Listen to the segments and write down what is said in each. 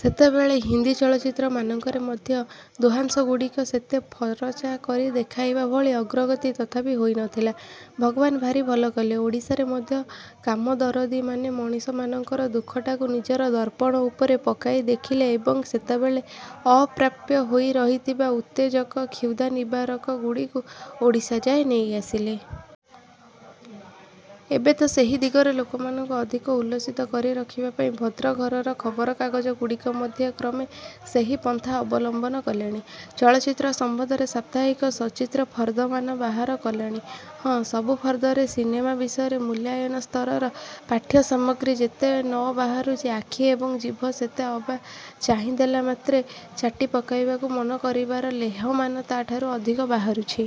ସେତେବେଳେ ହିନ୍ଦି ଚଳଚ୍ଚିତ୍ର ମାନଙ୍କରେ ମଧ୍ୟ ଦେହାଂଶଗୁଡ଼ିକୁ ସେତେ ଫରଚା କରି ଦେଖାଇବା ଭଳି ଅଗ୍ରଗତି ତଥାପି ହୋଇନଥିଲା। ଭଗବାନ ଭାରି ଭଲ କଲେ ଓଡ଼ିଶାରେ ମଧ୍ୟ କାମଦରଦୀମାନେ ମଣିଷମାନଙ୍କର ଦୁଃଖଟାକୁ ନିଜର ଦର୍ପଣ ଉପରେ ପକାଇ ଦେଖିଲେ ଏବଂ ସେତେବେଳେ ଅପ୍ରାପ୍ୟ ହୋଇ ରହିଥିବା ଉତ୍ତେଜକ କ୍ଷୁଧାନିବାରକଗୁଡ଼ିକୁ ଓଡ଼ିଶା ଯାଏ ନେଇ ଆସିଲେ। ଏବେ ତ ସେହି ଦିଗରେ ଲୋକମାନଙ୍କୁ ଅଧିକ ଉଲ୍ଲସିତ କରି ରଖିବା ପାଇଁ ଭଦ୍ର ଘରର ଖବରକାଗଜଗୁଡ଼ିକ ମଧ୍ୟ କ୍ରମେ ସେହି ପନ୍ଥା ଅବଲମ୍ବନ କଲେଣି। ଚଳଚ୍ଚିତ୍ର ସମ୍ବନ୍ଧରେ ସାପ୍ତାହିକ ସଚିତ୍ର ଫର୍ଦ୍ଦମାନ ବାହାର କଲେଣି। ହଁ ଏସବୁ ଫର୍ଦ୍ଦରେ ସିନେମା ବିଷୟରେ ମୂଲ୍ୟାୟନସ୍ତରର ପାଠ୍ୟସାମଗ୍ରୀ ଯେତେ ନବାହାରୁଛି, ଆଖି ଏବଂ ଜିଭ ସତେ ଅବା ଚାହିଁ ଦେଲାମାତ୍ରେ ଚାଟି ପକାଇବାକୁ ମନ କରିବାର ଲେହମାନ ତାଠାରୁ ଅଧିକ ବାହାରୁଛି।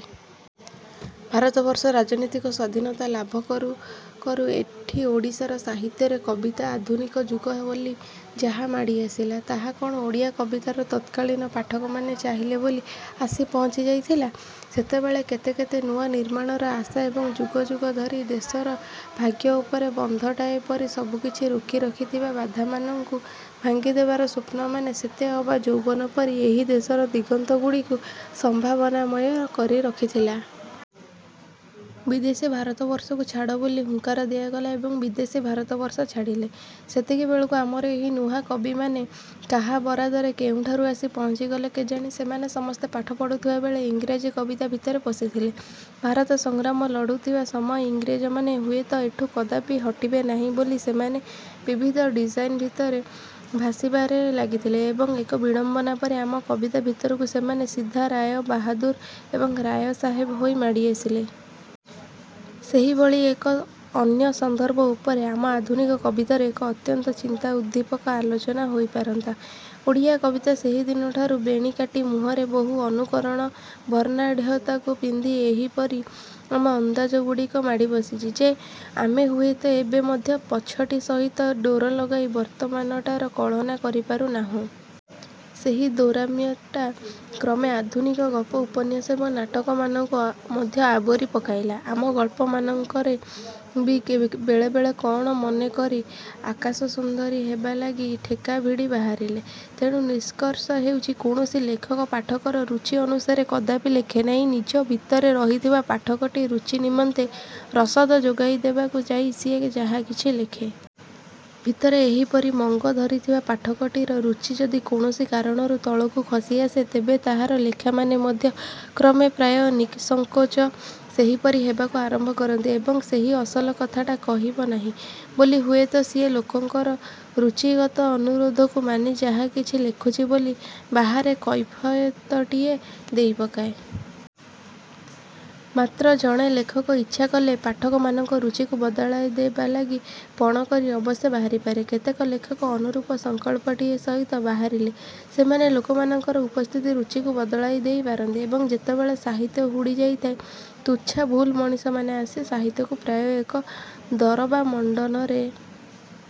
ଭାରତବର୍ଷ ରାଜନୀତିକ ସ୍ୱାଧୀନତା ଲାଭ କରୁ କରୁ ଏଠି ଓଡ଼ିଶାର ସାହିତ୍ୟରେ କବିତାର ଆଧୁନିକ ଯୁଗ ବୋଲି ଯାହା ମାଡ଼ି ଆସିଲା, ତାହା କଣ ଓଡ଼ିଆ କବିତାର ତତ୍କାଳୀନ ପାଠକମାନେ ଚାହିଲେ ବୋଲି ଆସି ପହଞ୍ଚି ଯାଇଥିଲା? ସେତେବେଳେ କେତେ କେତେ ନୂଆ ନିର୍ମାଣର ଆଶା ଏବଂ ଯୁଗ ଯୁଗ ଧରି ଦେଶର ଭାଗ୍ୟ ଉପରେ ବନ୍ଧଟାଏ ପରି ସବୁକିଛିକୁ ରୋକି ରଖିଥିବା ବାଧାମାନଙ୍କୁ ଭାଙ୍ଗିଦେବାର ସ୍ଵପ୍ନମାନେ ସତେ ଅବା ଯୌବନ ପରି ଏହି ଦେଶର ଦିଗନ୍ତଗୁଡ଼ିକୁ ସମ୍ଭାବନାମୟ କରି ରଖିଥିଲେ। ବିଦେଶୀ ଭାରତବର୍ଷକୁ ଛାଡ଼ ବୋଲି ହୁଙ୍କାର ଦିଆଗଲା ଏବଂ ବିଦେଶୀ ଭାରତବର୍ଷ ଛାଡ଼ିଲେ। ସେତିକିବେଳକୁ ଆମର ଏହି ନୂଆ କବିମାନେ କାହା ବରାଦରେ କେଉଁଠାରୁ ଆସି ପହଞ୍ଚିଲେ କେଜାଣି? ସେମାନେ ସମସ୍ତେ ପାଠ ପଢୁଥିବା ବେଳେ ଇଂରାଜୀ କବିତା ଭିତରେ ପଶିଥିଲେ। ଭାରତ ସଂଗ୍ରାମ ଲଢୁଥିବା ସମୟରେ ଇଂରେଜମାନେ ହୁଏତ ଏଠୁ କଦାପି ହଟିବେ ନାହିଁ ବୋଲି ସେମାନେ ବିବିଧ ଡ଼ିଜାଇନ୍ ଭିତରେ ଭାସିବାରେ ଲାଗିଥିଲେ ଏବଂ ଏକ ବିଡ଼ମ୍ବନା ପରି ଆମ କିବତା ଭିତରକୁ ସେମାନେ ସିଧା ରାୟ ବାହାଦୁର ଏବଂ ରାୟ ସାହେବ ହୋଇ ମାଡ଼ିଆସିଲେ। ସେହିଭଳି ଏକ ଅନ୍ୟ ସନ୍ଦର୍ଭ ଉପରେ ଆମ ଆଧୁନିକ କବିତାରେ ଏକ ଅତ୍ୟନ୍ତ ଚିନ୍ତାଉବ୍ଦୀପକ ଆଲୋଚନା ହୋଇପାରନ୍ତା। ଓଡ଼ିଆ କବିତା ସେହିଦିନଠାରୁ ବେଣୀ କାଟି ମୁହଁରେ ବହୁ ଅନୁକରଣର ବର୍ଣ୍ଣାଢ଼୍ୟତାକୁ ପିନ୍ଧି ଏପରି ଆମର ଅନ୍ଦାଜଗୁଡ଼ିକୁ ମାଡ଼ି ବସିଛି ଯେ, ଆମେ ହୁଏତ ଏବେ ମଧ୍ୟ ପଛଟି ସହିତ ଡୋର ଲଗାଇ ବର୍ତ୍ତମାନଟାର କଳନା କରି ପାରୁନାହିଁ। ସେହି ଦୌରାତ୍ମ୍ୟଟା କ୍ରମେ ଆଧୁନିକ ଗପ, ଉପନ୍ୟାସ ଏବଂ ନାଟକମାନଙ୍କୁ ମଧ୍ୟ ଆବୋରି ପକାଇଲା। ଆମ ଗଳ୍ପାମାନଙ୍କରେ ବେଳେବେଳେ କଣ ମନେକରି ଆକାଶସୁନ୍ଦରୀ ହେବାଲାଗି ଠେକା ଭିଡ଼ି ବାହାରିଲେ। ତେଣୁ ନିଷ୍କର୍ଷ ହେଉଛି, କୌଣସି ଲେଖକ ପାଠକର ରୁଚି ଅନୁସାରେ କଦାପି ଲେଖେନାହିଁ। ନିଜ ଭିତରେ ରହିଥିବା ପାଠକଟିର ରୁଚି ନିମନ୍ତେ ରସଦ ଯୋଗେଇଡଦେବାକୁ ଯାଇ ସିଏ ଯାହାକିଛି ଲେଖେ। ଭିତରେ ଏହିପରି ମଙ୍ଗ ଧରିଥିବା ପାଠକଟିର ରୁଚି ଯଦି କୌଣସି କାରଣରୁ ତଳକୁ ଖସି ଆସେ, ତେବେ ତାହାର ଲେଖାମାନେ ମଧ୍ୟ କ୍ରମେ ପ୍ରାୟ ନିଃସଙ୍କୋଚରେ ସେହିପରି ହେବାକୁ ଆରମ୍ଭ କରନ୍ତି। ଏବଂ ସେହି ଅସଲ କଥାଟା କହିବ ନାହିଁ ବୋଲି ହୁଏତ ସିଏ ଲୋକଙ୍କର ରୁଚିଗତ ଅନୁରୋଧକୁ ମାନି ଯାହାକିଛି ଲେଖୁଛି ବୋଲି ବାହାରେ କୈଫିୟତଟିଏ ଦେଇପକାଏ। ମାତ୍ର ଜଣେ ଲେଖକ ଇଚ୍ଛା କଲେ ପାଠକମାନଙ୍କର ରୁଚିକୁ ବଦଳାଇ ଦେବାଲାଗି ପଣ କରି ଅବଶ୍ୟ ବାହାରିପାରେ। କେତେକ ଲେଖକ ଅନୁରୂପ ସଂକଳ୍ପଟିଏ ସହିତ ବାହାରିଲେ ସେମାନେ ଲୋକମାନଙ୍କର ଉପସ୍ଥିତ ରୁଚିଟିକୁ ବଦଳାଇ ଦେଇପାରନ୍ତି। ଏବଂ ଯେତେବେଳେ ସାହିତ୍ୟ ହୁଡ଼ି ଯାଇଥାଏ, ତୁଚ୍ଛା ଭୁଲ ମଣିଷମାନେ ଆସି ସାହିତ୍ୟକୁ ପ୍ରାୟ ଏକ ଦରବାରମଣ୍ଡନରେ